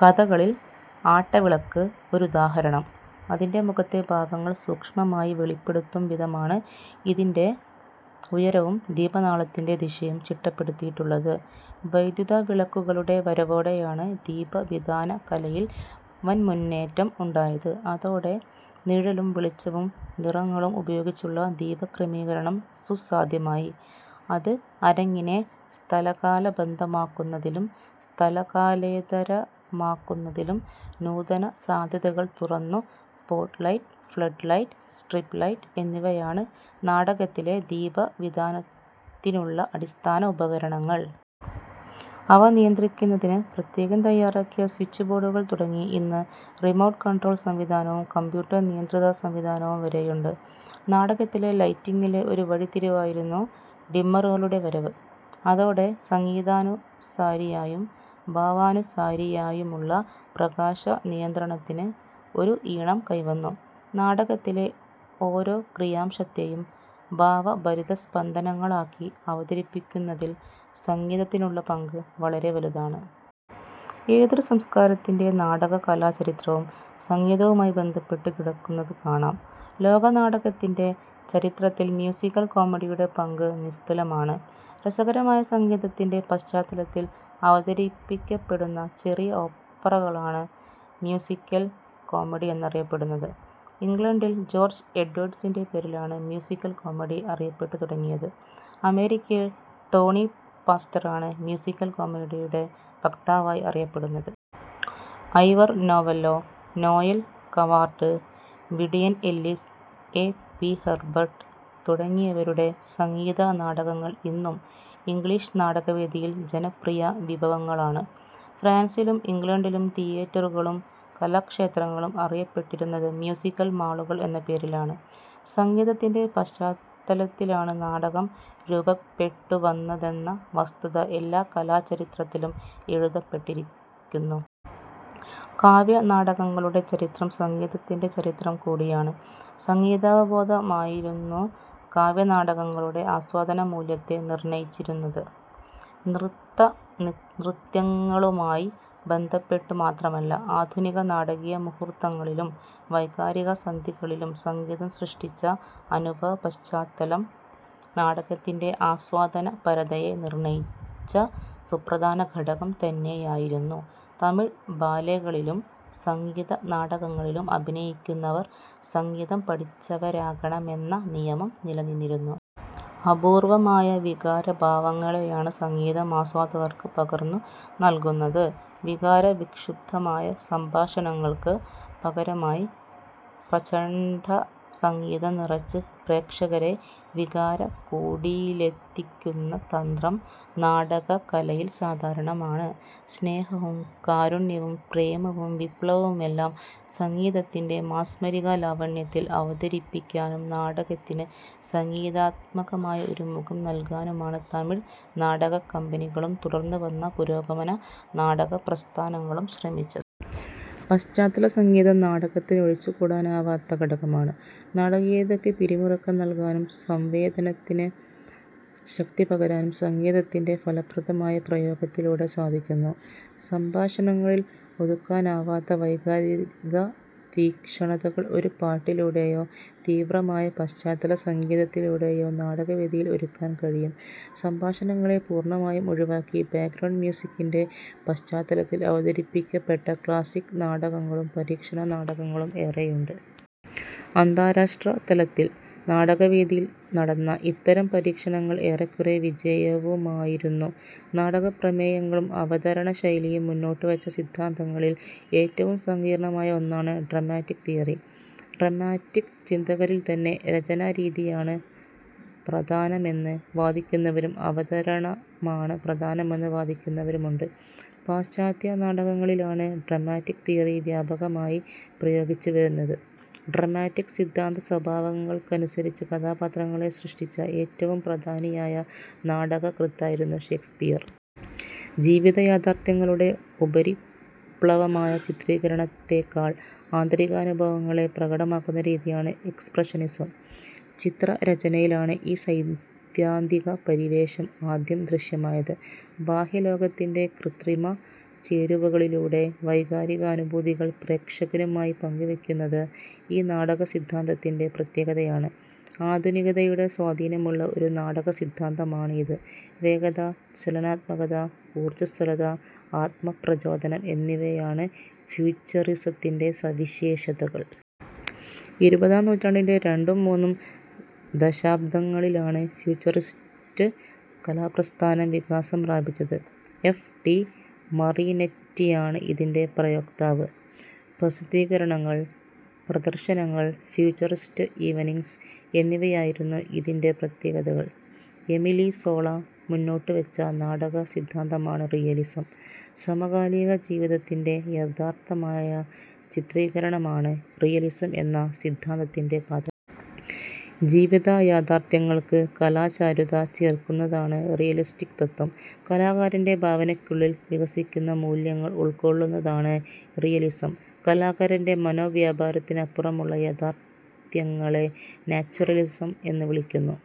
കഥകളിയിലെ ആട്ടവിളക്ക് ഒരുദാഹരണം. അതിൽ മുഖത്തെ ഭാവങ്ങൾ സൂക്ഷ്മമായി വെളിപ്പെടുത്തുംവിധമാണ് ഇതിൻ്റെ ഉയരവും ദീപനാളത്തിൻ്റെ ദിശയും ചിട്ടപ്പെടുത്തിയിട്ടുള്ളത്. വൈദ്യുതവിളക്കുകളുടെ വരവോടെയാണ് ദീപവിതാനകലയിൽ വൻമുന്നേറ്റം ഉണ്ടായത്. അതോടെ നിഴലും വെളിച്ചവും നിറങ്ങളും ഉപയോഗിച്ചുള്ള ദീപക്രമീകരണം സുസാധ്യമായി. അത് അരങ്ങിനെ സ്ഥലകാലബദ്ധമാക്കുന്നതിലും സ്ഥലകാലേതരമാക്കുന്നതിലും നൂതനസാധ്യതകൾ തുറന്നു. സ്പോട്ട്ലൈറ്റ്, ഫ്ലഡ്ലൈറ്റ്, സ്ട്രിപ്പ്ലൈറ്റ് എന്നിവയാണ് നാടകത്തിലെ ദീപവിതാനത്തിനുള്ള അടിസ്ഥാന ഉപകരണങ്ങൾ. അവ നിയന്ത്രിക്കുന്നതിന് പ്രത്യേകം തയ്യാറാക്കിയ സ്വിച്ച്ബോർഡുകൾ തുടങ്ങി, ഇന്ന് റിമോട്ട് കൺട്രോൾ സംവിധാനവും കംപ്യൂട്ടർ നിയന്ത്രിതസംവിധാനവും വരെയുണ്ട്. നാടകത്തിലെ ലൈറ്റിങ്ങിലെ ഒരു വഴിത്തിരിവായിരുന്നു ഡിമ്മറുകളുടെ വരവ്. അതോടെ സംഗീതാനുസാരിയായും ഭാവാനുസാരിയായുമുള്ള പ്രകാശനിയന്ത്രണത്തിന് ഒരു ഈണം കൈവന്നു. നാടകത്തിലെ ഓരോ ക്രിയാംശത്തെയും ഭാവഭരിതസ്പന്ദനങ്ങളാക്കി അവതരിപ്പിക്കുന്നതിൽ സംഗീതത്തിനുള്ള പങ്ക് വളരെ വലുതാണ്. ഏതൊരു സംസ്കാരത്തിൻ്റെ നാടക കലാചരിത്രവും സംഗീതവുമായി ബന്ധപ്പെട്ടു കിടക്കുന്നതുകാണാം. ലോക നാടകത്തിൻ്റെ ചരിത്രത്തിൽ മ്യൂസിക്കൽ കോമഡിയുടെ പങ്ക് നിസ്തുലമാണ്. രസകരമായ സംഗീതത്തിൻ്റെ പശ്ചാത്തലത്തിൽ അവതരിപ്പിക്കപ്പെടുന്ന ചെറിയ ഓപ്പറകളാണ് മ്യൂസിക്കൽ കോമഡി എന്നറിയപ്പെടുന്നത്. ഇംഗ്ലണ്ടിൽ ജോർജ് എഡ്വേഡ്സിൻ്റെ പേരിലാണ് മ്യൂസിക്കൽ കോമഡി അറിയപ്പെട്ടു തുടങ്ങിയത്. അമേരിക്കയിൽ ടോണി പാസ്റ്ററാണ് മ്യൂസിക്കൽ കോമഡിയുടെ വക്താവായി അറിയപ്പെടുന്നത്. Ivor Novello, Noel Coward, Vivian Ellis, A P Herbert തുടങ്ങിയവരുടെ സംഗീത നാടകങ്ങൾ ഇന്നും ഇംഗ്ലീഷ് നാടകവേദിയിൽ ജനപ്രിയ വിഭവങ്ങളാണ്. ഫ്രാൻസിലും ഇംഗ്ലണ്ടിലും തിയേറ്ററുകളും കലാക്ഷേത്രങ്ങളും അറിയപ്പെട്ടിരുന്നത് മ്യൂസിക്കൽ മാളുകൾ എന്ന പേരിലാണ്. സംഗീതത്തിൻ്റെ പശ്ചാത്തലത്തിലാണ് നാടകം രൂപപ്പെട്ടുവന്നതെന്ന വസ്തുത എല്ലാ കലാചരിത്രത്തിലും എഴുതപ്പെട്ടിരിക്കുന്നു. കാവ്യനാടകങ്ങളുടെ ചരിത്രം സംഗീതത്തിൻ്റെ ചരിത്രം കൂടിയാണ്. സംഗീതാവബോധമായിരുന്നു കാവ്യനാടകങ്ങളുടെ ആസ്വാദന മൂല്യത്തെ നിർണയിച്ചിരുന്നത്. നൃത്തനൃത്യങ്ങളുമായി ബന്ധപ്പെട്ടു മാത്രമല്ല, ആധുനിക നാടകീയ മുഹൂർത്തങ്ങളിലും വൈകാരിക സന്ധികളിലും സംഗീതം സൃഷ്ടിച്ച അനുഭവപശ്ചാത്തലം നാടകത്തിൻ്റെ ആസ്വാദനപരതയെ നിർണയിച്ച സുപ്രധാനഘടകം തന്നെയായിരുന്നു. തമിഴ് ബാലേകളിലും സംഗീത നാടകങ്ങളിലും അഭിനയിക്കുന്നവർ സംഗീതം പഠിച്ചവരാകണമെന്ന നിയമം നിലനിന്നിരുന്നു. അപൂർവമായ വികാരഭാവങ്ങളെയാണ് സംഗീതം ആസ്വാദകർക്ക് പകർന്നു നൽകുന്നത്. വികാരവിക്ഷുബ്ധമായ സംഭാഷണങ്ങൾക്ക് പകരമായി, പ്രചണ്ഡസംഗീതം നിറച്ച് പ്രേക്ഷകരെ വികാരകോടിയിലെത്തിക്കുന്ന തന്ത്രം നാടകകലയിൽ സാധാരണമാണ്. സ്നേഹവും കാരുണ്യവും പ്രേമവും വിപ്ലവവുമെല്ലാം സംഗീതത്തിൻ്റെ മാസ്മരിക ലാവണ്യത്തിൽ അവതരിപ്പിക്കാനും നാടകത്തിന് സംഗീതാത്മകമായ ഒരു മുഖം നൽകാനുമാണ് തമിഴ് നാടകക്കമ്പനികളും തുടർന്നുവന്ന പുരോഗമന നാടകപ്രസ്ഥാനങ്ങളും ശ്രമിച്ചത്. പശ്ചാത്തല സംഗീതം നാടകത്തിന് ഒഴിച്ചുകൂടാനാവാത്ത ഘടകമാണ്. നാടകീയതയ്ക്ക് പിരിമുറുക്കം നൽകാനും സംവേദനത്തിന് ശക്തി പകരാനും സംഗീതത്തിൻ്റെ ഫലപ്രദമായ പ്രയോഗത്തിലൂടെ സാധിക്കുന്നു. സംഭാഷണങ്ങളിൽ ഒതുക്കാനാവാത്ത വൈകാരിക തീക്ഷ്ണതകൾ ഒരു പാട്ടിലൂടെയോ തീവ്രമായ പശ്ചാത്തല സംഗീതത്തിലൂടെയോ നാടകവേദിയിൽ ഒരുക്കാൻ കഴിയും. സംഭാഷണങ്ങളെ പൂർണമായും ഒഴിവാക്കി, ബാക്ക്ഗ്രൗണ്ട് മ്യൂസിക്കിൻ്റെ പശ്ചാത്തലത്തിൽ അവതരിപ്പിക്കപ്പെട്ട ക്ലാസിക് നാടകങ്ങളും പരീക്ഷണ നാടകങ്ങളും ഏറെയുണ്ട്. അന്താരാഷ്ട്രതലത്തിൽ നാടകവേദിയിൽ നടന്ന ഇത്തരം പരീക്ഷണങ്ങൾ ഏറെക്കുറെ വിജയവുമായിരുന്നു. നാടകപ്രമേയങ്ങളും അവതരണശൈലിയും മുന്നോട്ടുവച്ച സിദ്ധാന്തങ്ങളിൽ ഏറ്റവും സങ്കീർണമായ ഒന്നാണ് ഡ്രമാറ്റിക് തിയറി. ഡ്രമാറ്റിക് ചിന്തകരിൽത്തന്നെ രചനാരീതിയാണ് പ്രധാനമെന്ന് വാദിക്കുന്നവരും അവതരണമാണ് പ്രധാനമെന്ന് വാദിക്കുന്നവരുമുണ്ട്. പാശ്ചാത്യ നാടകങ്ങളിലാണ് ഡ്രമാറ്റിക് തിയറി വ്യാപകമായി പ്രയോഗിച്ചുവരുന്നത്. ഡ്രമാറ്റിക് സിദ്ധാന്ത സ്വഭാവങ്ങൾക്കനുസരിച്ച് കഥാപാത്രങ്ങളെ സൃഷ്ടിച്ച ഏറ്റവും പ്രധാനിയായ നാടകകൃത്തായിരുന്നു ഷെയ്ക്സ്പിയർ. ജീവിത യാഥാർഥ്യങ്ങളുടെ ഉപരിപ്ലവമായ ചിത്രീകരണത്തെക്കാൾ ആന്തരികാനുഭവങ്ങളെ പ്രകടമാക്കുന്ന രീതിയാണ് എക്സ്പ്രഷനിസം. ചിത്രരചനയിലാണ് ഈ സൈദ്ധാന്തിക പരിവേഷം ആദ്യം ദൃശ്യമായത്. ബാഹ്യലോകത്തിൻ്റെ കൃത്രിമച്ചേരുവകളിലൂടെ വൈകാരികാനുഭൂതികൾ പ്രേക്ഷകനുമായി പങ്കുവയ്ക്കുന്നത് ഈ നാടകസിദ്ധാന്തത്തിൻ്റെ പ്രത്യേകതയാണ്. ആധുനികതയുടെ സ്വാധീനമുള്ള ഒരു നാടകസിദ്ധാന്തമാണ് ഇത്. വേഗത, ചലനാത്മകത, ഊർജസ്വലത, ആത്മപ്രചോദനം എന്നിവയാണ് ഫ്യൂച്ചറിസത്തിൻ്റെ സവിശേഷതകൾ. ഇരുപതാം നൂറ്റാണ്ടിൻ്റെ രണ്ടും മൂന്നും ദശാബ്ദങ്ങളിലാണ് ഫ്യൂച്ചറിസ്റ്റ് കലാപ്രസ്ഥാനം വികാസം പ്രാപിച്ചത്. എഫ് ടി മറിനെറ്റിയാണ് ഇതിൻ്റെ പ്രയോക്താവ്. പ്രസിദ്ധീകരണങ്ങൾ, പ്രദർശനങ്ങൾ, ഫ്യൂച്ചറിസ്റ്റ് ഈവനിങ്സ് എന്നിവയായിരുന്നു ഇതിൻ്റെ പ്രത്യേകതകൾ. എമിലി സോള മുന്നോട്ടുവച്ച നാടകസിദ്ധാന്തമാണ് റിയലിസം. സമകാലിക ജീവിതത്തിൻ്റെ യഥാതഥമായ ചിത്രീകരണമാണ് റിയലിസം എന്ന സിദ്ധാന്തത്തിൻ്റെ കാതൽ. ജീവിതയാഥാർഥ്യങ്ങൾക്ക് കലാചാരുത ചേർക്കുന്നതാണ് റിയലിസ്റ്റ് തത്ത്വം. കലാകാരൻ്റെ ഭാവനയ്ക്കുള്ളിൽ വികസിക്കുന്ന മൂല്യങ്ങൾ ഉൾക്കൊള്ളുന്നതാണ് റിയലിസം. കലാകാരൻ്റെ മനോവ്യാപാരത്തിനപ്പുറമുള്ള യാഥാർഥ്യങ്ങളെ നാച്വറലിസം എന്ന് വിളിക്കുന്നു.